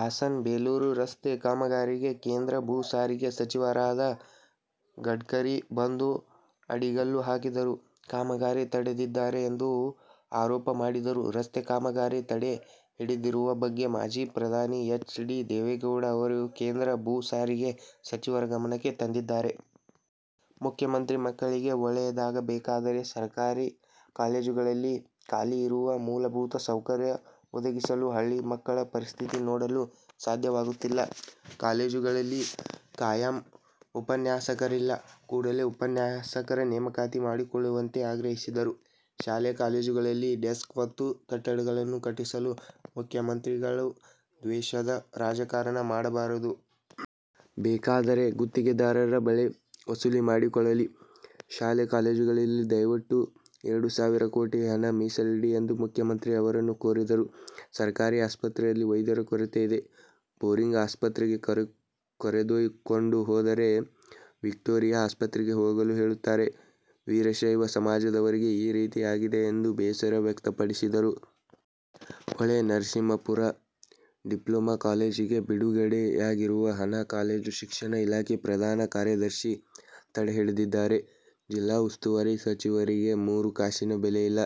ಹಾಸನ ಬೇಲೂರು ರಸ್ತೆ ಕಾಮಗಾರಿಗೆ ಕೇಂದ್ರ ಭೂ ಸಾರಿಗೆ ಸಚಿವರಾದ ಗಡ್ಕರಿ ಬಂದು ಅಡಿಗಲ್ಲು ಹಾಕಿರುವ ಕಾಮಗಾರಿ ತಡೆದಿದ್ದಾರೆ ಎಂದು ಆರೋಪ ಮಾಡಿದರು. ರಸ್ತೆ ಕಾಮಗಾರಿ ತಡೆ ಹಿಡಿದಿರುವ ಬಗ್ಗೆ ಮಾಜಿ ಪ್ರಧಾನಿ ಎಚ್. ಡಿ. ದೇವೇಗೌಡ ಅವರು ಕೇಂದ್ರ ಭೂ ಸಾರಿಗೆ ಸಚಿವರ ಗಮನಕ್ಕೆ ತಂದಿದ್ದಾರೆ. ಮುಖ್ಯಮಂತ್ರಿ ಮಕ್ಕಳಿಗೆ ಒಳ್ಳೆಯಾದಾಗಬೇಕಾದರೆ ಸರ್ಕಾರಿ ಕಾಲೇಜುಗಳಲ್ಲಿ ಖಾಲಿ ಇರುವ ಮೂಲಭೂತ ಸೌಕರ್ಯ ಒದಗಿಸಲಿ. ಹಳ್ಳಿ ಮಕ್ಕಳ ಪರಿಸ್ಥಿತಿ ನೋಡಲು ಸಾಧ್ಯವಾಗುತ್ತಿಲ್ಲ. ಕಾಲೇಜುಗಳಲ್ಲಿ ಖಾಯಂ ಉಪನ್ಯಾಸಕರಿಲ್ಲ. ಕೂಡಲೇ ಉಪನ್ಯಾಸಕರ ನೇಮಕಾತಿ ಮಾಡಿಕೊಳ್ಳುವಂತೆ ಆಗ್ರಹಿಸಿದರು. ಶಾಲೆ ಕಾಲೇಜುಗಳಿಗೆ ಡೆಸ್ಕ್ ಮತ್ತು ಕಟ್ಟಡಗಳನ್ನು ಕಟ್ಟಿಸಲ್ಲಿ. ಮುಖ್ಯಮಂತ್ರಿಗಳು ದ್ವೇಷದ ರಾಜಕಾರಣ ಮಾಡಬಾರದು. ಬೇಕಾದರೇ ಗುತ್ತಿಗೆದಾರರ ಬಳಿ ವಸೂಲಿ ಮಾಡಿಕೊಳ್ಳಲಿ. ಶಾಲೆ -ಕಾಲೇಜುಗಳಿಗೆ ದಯವಿಟ್ಟು ಎರಡು ಸಾವಿರ ಕೋಟಿ ಹಣ ಮೀಸಲಿಡಿ ಎಂದು ಮುಖ್ಯಮಂತ್ರಿ ಅವರನ್ನು ಕೋರಿದರು. ಸರ್ಕಾರಿ ಆಸ್ಪತ್ರೆಯಲ್ಲಿ ವೈದ್ಯರ ಕೊರತೆ ಇದೆ. ಬೋರಿಂಗ್ ಆಸ್ಪತ್ರೆಗೆ ಕರೆದುಕೊಂಡು ಹೋದರೆ ವಿಕ್ಟೋರಿಯಾ ಆಸ್ಪತ್ರೆಗೆ ಹೋಗಲು ಹೇಳುತ್ತಾರೆ. ವೀರಶೈವ ಸಮಾಜದವರೆಗೆ ಈ ರೀತಿ ಆಗಿದೆ ಎಂದು ಬೇಸರ ವ್ಯಕ್ತಪಡಿಸಿದರು. ಹೊಳೆನರಸೀಪುರ ಡಿಪ್ಲೊಮಾ ಕಾಲೇಜಿಗೆ ಬಿಡುಗಡೆಯಾಗಿರುವ ಹಣ ಕಾಲೇಜು ಶಿಕ್ಷಣ ಇಲಾಖೆ ಪ್ರಧಾನ ಕಾರ್ಯದರ್ಶಿ ತಡೆಹಿಡಿದಿದ್ದಾರೆ. ಜಿಲ್ಲಾ ಉಸ್ತುವಾರಿ ಸಚಿವರಿಗೆ ಮೂರು ಕಾಸಿನ ಬೆಲೆಯಿಲ್ಲ.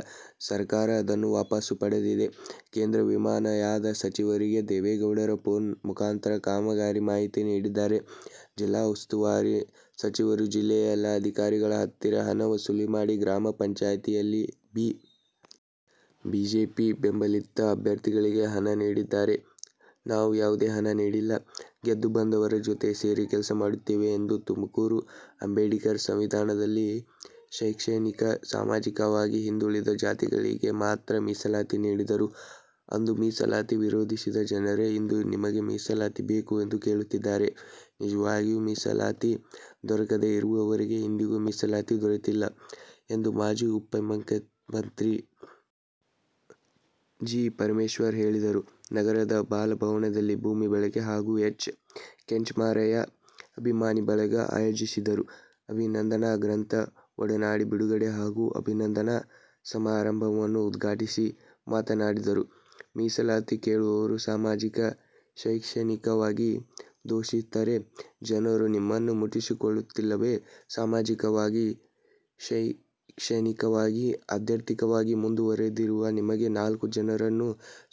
ಸರ್ಕಾರ ಅದನ್ನು ವಾಪಸ್ಸು ಪಡೆದಿದೆ. ಕೇಂದ್ರ ವಿಮಾನಯಾನ ಸಚಿವರಿಗೆ ದೇವೆಗೌಡರು ಫೋನ್ ಮುಖಾಂತರ ಕಾಮಗಾರಿ ಮಾಹಿತಿ ನೀಡಿದ್ದಾರೆ. ಜಿಲ್ಲಾ ಉಸ್ತುವಾರಿ ಸಚಿವರು ಜಿಲ್ಲೆಯ ಎಲ್ಲಾ ಅಧಿಕಾರಿಗಳ ಹತ್ತಿರ ಹಣ ವಸೂಲಿ ಮಾಡಿ ಗ್ರಾಮ ಪಂಚಾಯತಿಯಲ್ಲಿ ಬಿ. ಜೆ. ಪಿ. ಬೆಂಬಲಿತ ಅಭ್ಯರ್ಥಿಗಳಿಗೆ ಹಣ ನೀಡಿದ್ದಾರೆ. ನಾವು ಯಾವುದೇ ಹಣ ನೀಡಿಲ್ಲ. ಗೆದ್ದು ಬಂದವರ ಜೊತೆ ಸೇರಿ ಕೆಲಸ ಮಾಡುತ್ತೇವೆ ಎಂದರು. ತುಮಕೂರು: ಅಂಬೇಡ್ಕರ್ ಸಂವಿಧಾನದಲ್ಲಿ ಶೈಕ್ಷಣಿಕ, ಸಾಮಾಜಿಕವಾಗಿ ಹಿಂದುಳಿದ ಜಾತಿಗಳಿಗೆ ಮಾತ್ರ ಮೀಸಲಾತಿ ನೀಡಿದರು. ಅಂದು ಮೀಸಲಾತಿ ವಿರೋಧಿಸಿದ್ದ ಜನರೇ ಇಂದು ನಮಗೆ ಮೀಸಲಾತಿ ಬೇಕು ಎಂದು ಕೇಳುತ್ತಿದ್ದಾರೆ ನಿಜವಾಗಿಯೂ ಮೀಸಲಾತಿ ದೊರಕದೇ ಇರುವವರಿಗೆ ಇಂದಿಗೂ ಮೀಸಲಾತಿ ದೊರೆತ್ತಿಲ್ಲ ಎಂದು ಮಾಜಿ ಉಪಮುಖ್ಯಮಂತ್ರಿ ಡಾ. ಜಿ. ಪರಮೇಶ್ವರ್ ಹೇಳಿದರು. ನಗರದ ಬಾಲಭವನದಲ್ಲಿ ಭೂಮಿ ಬಳಗ ಹಾಗೂ ಎಚ್. ಕೆಂಚಮಾರಯ್ಯ ಅಭಿಮಾನಿ ಬಳಗ ಆಯೋಜಿಸಿದ್ದ ಅಭಿನಂದನಾ ಗ್ರಂಥ ಒಡನಾಡಿ ಬಿಡುಗಡೆ ಹಾಗೂ ಅಭಿನಂದನಾ ಸಮಾರಂಭವನ್ನು ಉದ್ಘಾಟಿಸಿ ಮಾತನಾಡಿದರು. ಮೀಸಲಾತಿ ಕೇಳುವವರು ಸಾಮಾಜಿಕ, ಶೈಕ್ಷಣಿಕವಾಗಿ ಶೋಷಿತರೆ, ಜನರು ನಿಮ್ಮನ್ನು ಮುಟ್ಟಿಸಿಕೊಳ್ಳುತ್ತಿಲ್ಲವೇ, ಸಾಮಾಜಿಕವಾಗಿ, ಶೈಕ್ಷಣಿಕವಾಗಿ, ಆರ್ಥಿಕವಾಗಿ ಮುಂದುವರಿದಿರುವ ನಿಮಗೆ ನಾಲ್ಕು ಜನರನ್ನು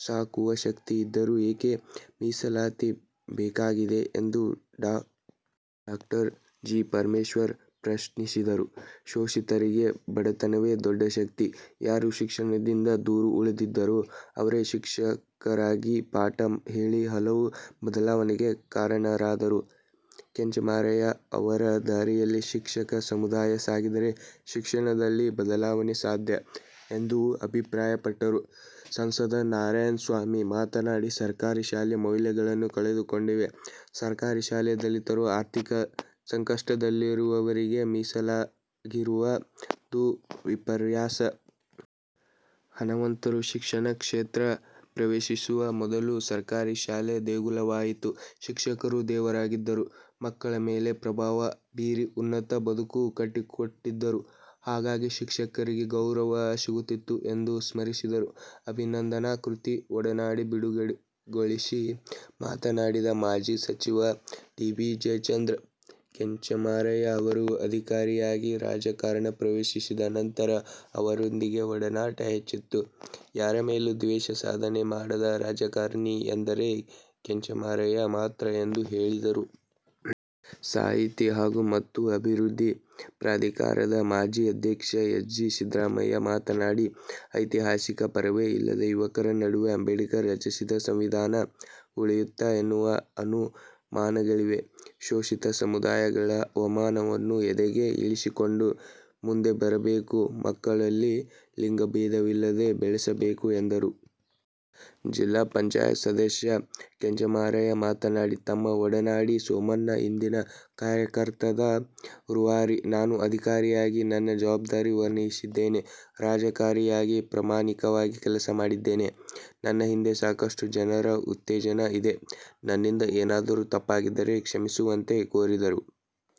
ಸಾಕುವಶಕ್ತಿ ಇದ್ದರೂ ಏಕೆ ಮೀಸಲಾತಿ ಬೇಕಾಗಿದೆ ಎಂದು ಡಾ. ಜಿ. ಪರಮೇಶ್ವರ್ ಪ್ರಶ್ನಿಸಿದರು. ಶೋಷಿತರಿಗೆ ಬಡತನವೇ ದೊಡ್ಡ ಶಕ್ತಿ, ಯಾರು ಶಿಕ್ಷಣದಿಂದ ದೂರ ಉಳಿದಿದ್ದರೋ ಅವರೇ ಶಿಕ್ಷಕರಾಗಿಪಾಠ ಹೇಳಿ ಹಲವು ಬದಲಾವಣೆಗೆ ಕಾರಣರಾದರು. ಕೆಂಚಮಾರಯ್ಯಅವರ ದಾರಿಯಲ್ಲಿ ಶಿಕ್ಷಕ ಸಮುದಾಯ ಸಾಗಿದರೆ ಶಿಕ್ಷಣದಲ್ಲಿ ಬದಲಾವಣೆ ಸಾಧ್ಯ ಎಂದು ಅಭಿಪ್ರಾಯಪಟ್ಟರು. ಸಂಸದ ನಾರಾಯಣಸ್ವಾಮಿ ಮಾತನಾಡಿ, ಸರ್ಕಾರಿ ಶಾಲೆ ಮೌಲ್ಯಗಳನ್ನು ಕಳೆದುಕೊಂಡಿವೆ, ಸರ್ಕಾರಿ ಶಾಲೆ ದಲಿತರು, ಆರ್ಥಿಕ ಸಂಕಷ್ಟದಲ್ಲಿರುವವರಿಗೆಮೀಸಲಾಗಿರುವುದು ವಿಪರ್ಯಾಸ. ಹಣವಂತರು ಶಿಕ್ಷಣ ಕ್ಷೇತ್ರ ಪ್ರವೇಶಿಸುವ ಮೊದಲು ಸರ್ಕಾರಿ ಶಾಲೆ ದೇಗುಲವಾಗಿತ್ತು. ಶಿಕ್ಷಕರು ದೇವರಾಗಿದ್ದರು. ಮಕ್ಕಳ ಮೇಲೆ ಪ್ರಭಾವ ಬೀರಿ ಉನ್ನತ ಬದುಕು ಕಟ್ಟಿಕೊಟ್ಟಿದ್ದರು, ಆಗಾಗಿ ಶಿಕ್ಷಕರಿಗೆ ಗೌರವ ಸಿಗುತ್ತಿತ್ತು ಎಂದು ಸ್ಮರಿಸಿದರು. ಅಭಿನಂದನಾ ಕೃತಿ ಒಡನಾಡಿ ಬಿಡುಗಡೆಗೊಳಿಸಿ ಮಾತನಾಡಿದ ಮಾಜಿ ಸಚಿವ ಟಿ. ಬಿ. ಜಯಚಂದ್ರ, ಕೆಂಚಮಾರಯ್ಯ ಅವರು ಅಧಿಕಾರಿಯಾಗಿ, ರಾಜಕಾರಣ ಪ್ರವೇಶಿಸಿದ ನಂತರ ಅವರೊಂದಿಗೆ ಒಡನಾಟ ಹೆಚ್ಚಿತ್ತು, ಯಾರ ಮೇಲೂ ದ್ವೇಷ ಸಾಧನೆ ಮಾಡದ ರಾಜಕಾರಣಿ ಎಂದರೆ ಕೆಂಚಮಾರಯ್ಯ ಮಾತ್ರ ಎಂದು ಹೇಳಿದರು. ಸಾಹಿತಿ ಹಾಗೂ ಕನ್ನಡ ಅಭಿವೃದ್ಧಿ ಪ್ರಾಧಿಕಾರದ ಮಾಜಿ ಅಧ್ಯಕ್ಷ ಎಸ್. ಜಿ. ಸಿದ್ದರಾಮಯ್ಯ ಮಾತನಾಡಿ, ಇತಿಹಾಸದ ಪರಿವೆ ಇಲ್ಲದ ಯುವಕರ ನಡುವೆ ಅಂಬೇಡ್ಕರ್ ರಚಿಸಿದ ಸಂವಿಧಾನ ಉಳಿಯುತ್ತ ಎನ್ನುವ ಅನು ಮಾನಗಳಿವೆ. ಶೋಷಿತ ಸಮುದಾಯಗಳ ಅವಮಾನವನ್ನು ಎದೆಗೆ ಇಳಿಸಿಕೊಂಡು ಮುಂದೆ ಬರಬೇಕು, ಮಕ್ಕಳಲ್ಲಿ ಲಿಂಗಬೇಧವಿಲ್ಲದೆ ಬೆಳೆಸಬೇಕು ಎಂದರು. ಜಿಲ್ಲಾ ಪಂಚಾಯತ್ ಸದಸ್ಯ ಕೆಂಚಮಾರಯ್ಯ ಮಾತನಾಡಿ, ನಮ್ಮ ಒಡನಾಡಿ ಸೋಮಣ್ಣ ಇಂದಿನ ಕಾರ್ಯಕ್ರಮದ ರೂವಾರಿ, ನಾನು ಅಧಿಕಾರಿಯಾಗಿ ನನ್ನ ಜವಾಬ್ದಾರಿ ನಿರ್ವಹಿಸಿದ್ದೇನೆ. ರಾಜಕಾರಣಿಯಾಗಿ ಪ್ರಾಮಾಣಿಕವಾಗಿ ಕೆಲಸ ಮಾಡಿದ್ದೇನೆ. ನನ್ನ ಹಿಂದೆ ಸಾಕಷ್ಟು ಜನರ ಉತ್ತೇಜನ ಇದೆ. ನನ್ನಿಂದ ಏನಾದರೂ ತಪ್ಪಾಗಿದ್ದರೆ ಕ್ಷಮಿಸುವಂತೆ ಕೋರಿದರು.